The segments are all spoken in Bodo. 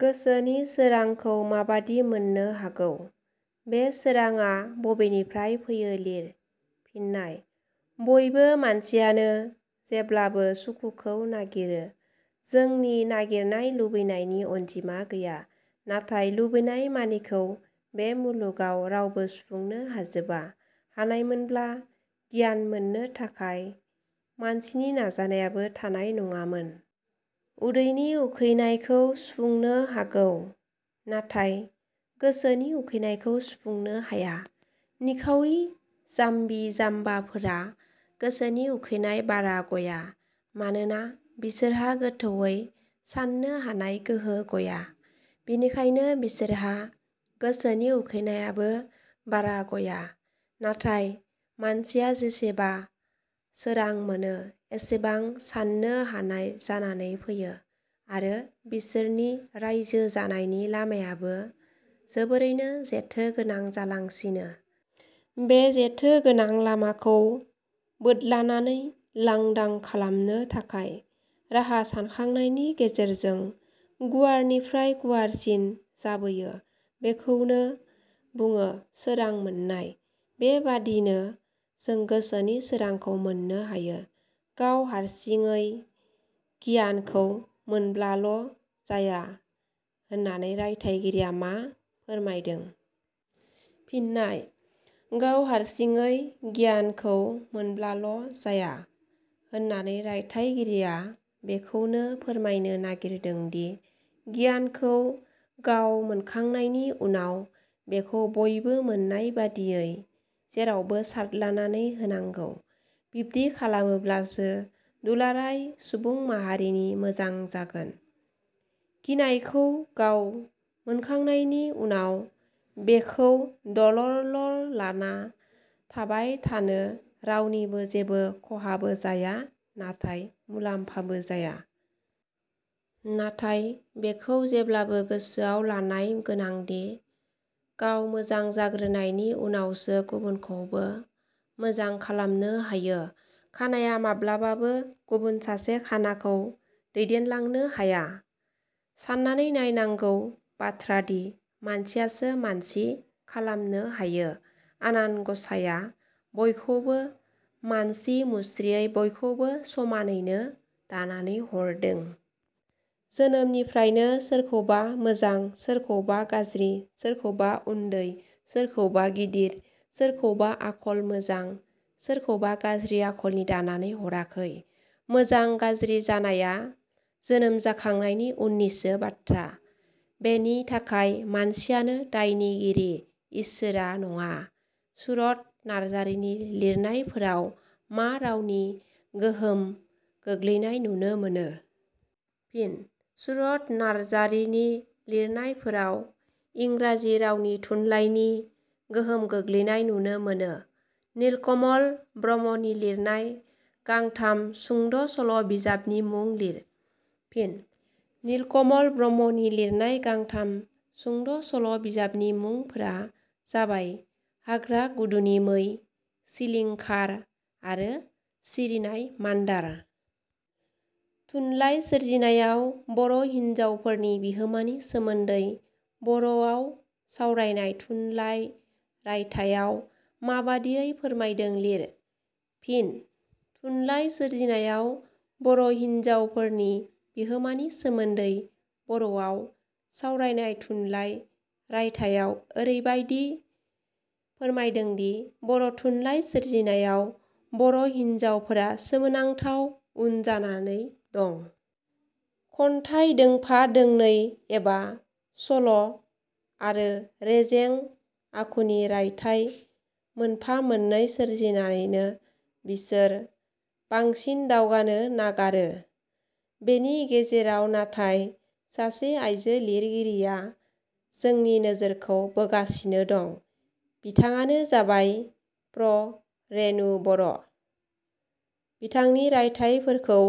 गोसोनि सोरांखौ माबादि मोननो हागौ? बे सोराङा बबेनिफ्राय फैयो लिर। फिननाय: बयबो मानसियानो जेब्लाबो सुखुखौ नागिरो। जोंनि नागिरनाय लुबैनायनि अनजिमा गैया। नाथाय लुबैनाय मानिखौ बे मुलुगाव रावबो सुफुंनो हाजोबा। हानायमोनब्ला गियान मोननो थाखाय मानसिनि नाजानायाबो थानाय नङामोन। उदैनि उखैनायखौ सुफुंनो हागौ, नाथाय गोसोनि उखैनायखौ सुफुंनो हाया। निखावरि जाम्बि- जाम्बाफोरा गोसोनि उखैनाय बारा गया मानोना बिसोरहा गोथौवै साननो हानाय गोहो गया। बेनिखायनो बिसोरहा गोसोनि उखैनायाबो बारा गया। नाथाय मानसिया जेसेबा सोरां मोनो एसेबां साननो हानाय जानानै फैयो आरो बिसोरनि राइजो जानायनि लामायाबो जोबोरैनो जेथो गोनां जालांसिनो। बे जेथो गोनां लामाखौ बोदलानानै लांदां खालामनो थाखाय राहा सानखांनायनि गेजेरजों गुवारनिफ्राय गुवारसिन जाबोयो। बेखौनो बुङो सोरां मोननाय। बेबादिनो जों गोसोनि सोरांखौ मोननो हायो। गाव हारसिङै गियानखौ मोनब्लाल' जाया होननानै रायथाइगिरिया मा फोरमायदों? फिननाय: गाव हारसिङै गियानखौ मोनब्लाल' जाया होननानै रायथाइ गिरिया बेखौनो फोरमायनो नागिरदोंदि गियानखौ गाव मोनखांनायनि उनाव बेखौ बयबो मोननायबादियै जेरावबो सारदलानानै होनांगौ। बिब्दि खालामोब्लासो दुलाराय सुबुं माहारिनि मोजां जागोन। गिनायखौ गाव मोनखांनायनि उनाव बेखौ दलरलर लाना थाबायथानो रावनिबो जेबो खहाबो जाया नाथाय मुलाम्फाबो जाया। नाथाय बेखौ जेब्लाबो गोसोआव लानाय गोनांदि, गाव मोजां जाग्रोनायनि उनावसो गुबुनखौबो मोजां खालामनो हायो। खानाया माब्लाबाबो गुबुन सासे खानाखौ दैदेनलांनो हाया। साननानै नायनांगौ बाथ्रादि मानसियासो मानसि खालामनो हायो, आनान गसाइया बयखौबो मानसि मुस्रियै बयखौबो समानैनो दानानै हरदों। जोनोमनिफ्रायनो सोरखौबा मोजां, सोरखौबा गाज्रि, सोरखौबा उन्दै, सोरखौबा गिदिर, सोरखौबा आखल मोजां, सोरखौबा गाज्रि आखलनि दानानै हराखै। मोजां गाज्रि जानाया जोनोम जाखांनायनि उननिसो बाथ्रा। बेनि थाखाय मानसियानो दायनिगिरि, इसोरा नङा। सुरथ नारजारिनि लिरनायफोराव मा रावनि गोहोम गोग्लैनाय नुनो मोनो? फिन: सुरथ नारजारिनि लिरनायफोराव इंराजि रावनि थुनलाइनि गोहोम गोग्लैनाय नुनो मोनो। नीलकमल ब्रह्मनि लिरनाय गांथाम सुंद' सल' बिजाबनि मुं लिर। फिन: नीलकमल ब्रह्मनि लिरनाय गांथाम सुंद' सल' बिजाबनि मुंफोरा जाबाय – 'हाम्रा गुदुनि मै', 'सिलिंखार' आरो 'सिरिनाय मान्दार'। थुनलाइ सोरजिनायाव बर' हिन्जावफोरनि बिहोमानि सोमोन्दै 'बर 'वाव सावरायनाय थुनलाइ रायथाइयाव माबादियै फोरमायदों लिर। फिन: थुनलाइ सोरजिनायाव बर' हिनजावफोरनि बिहोमानि सोमोन्दै 'बर'वाव सावरायनाय थुनलाइ' रायथाइयाव एरैबादि फोरमायदोंदि बर' थुनलाइ सोरजिनायाव बर' हिनजावफोरा सोमोनांथाव उन जानानै दं। खन्थाइ दोंफा दोंनै एबा सल' आरो रेजें आखुनि रायथाइ मोनफा-मोननै सोरजिनानैनो बिसोर बांसिन दावगानो नागारो। बेनि गेजेराव नाथाय सासे आयजो लिरगिरिया जोंनि नोजोरखौ बोगासिनो दं। बिथाङानो जाबाय- प्र. रेणु बर'। बिथांनि रायथाइफोरखौ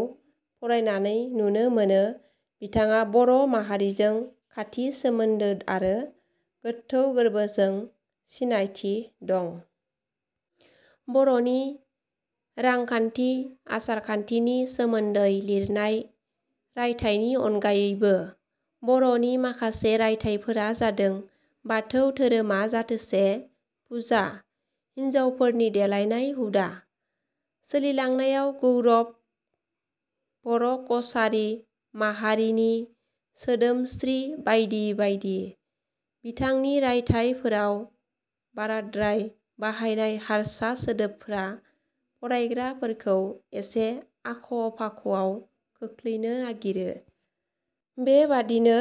फरायनानै नुनो मोनो- बिथाङा बर' माहारिजों खाथि सोमोन्दो आरो गोथौ गोरबोजों सिनायथि दं। बर 'नि रांखान्थि आसारखान्थिनि सोमोन्दै लिरनाय रायथाइनि अनगायैबो बर 'नि माखासे रायथाइफोरा जादों- बाथौ धोरोमा जाथोसे फुजा हिन्जावफोरनि देलायनाय हुदा, सोलिलांनायाव गौरब बर' कसारी माहारिनि सोदोमस्रि बायदि बायदि। बिथांनि रायथाइफोराव बाराद्राय बाहायनाय हारसा सोदोबफोरा फरायग्राफोरखौ एसे आख'-फाख'आव खोख्लैनो नागिरो। बेबादिनो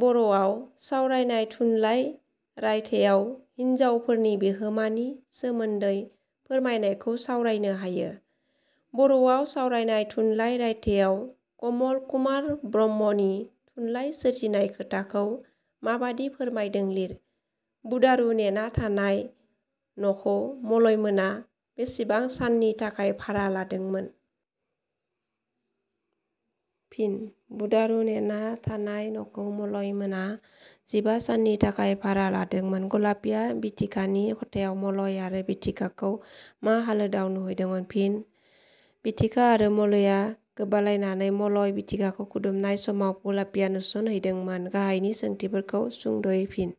'बर 'वाव सावरायनाय थुनलाइ' रायथाइयाव हिनजावफोरनि बिहोमानि सोमोन्दै फोरमायनायखौ सावरायनो हायो। 'बर 'वाव सावरायनाय थुनलाइ' रायथाइयाव कमल कुमार ब्रह्मनि थुनलाइ सोरजिनाय खोथाखौ माबादि फोरमायदों लिर। बुदारु नेना थानाय नखौ मलयमोना बेसेबां साननि थाखाय भारा लादोंमोन? फिनः बुदारु नेना थानाय नखौ मलयमोना जिबा साननि थाखाय भारा लादोंमोन। गलापीया बिथिकानि खथायाव मलय आरो बिथिकाखौ मा हालोदाव नुहैदोंमोन? फिनः बिथिका आरो मलया गोबालायनानै मलया बिथिकाखौ खुदुमनाय समाव गलापिया नुसनहैदोंमोन। गाहायनि सोंथिफोरखौ सुंद 'यै फिन।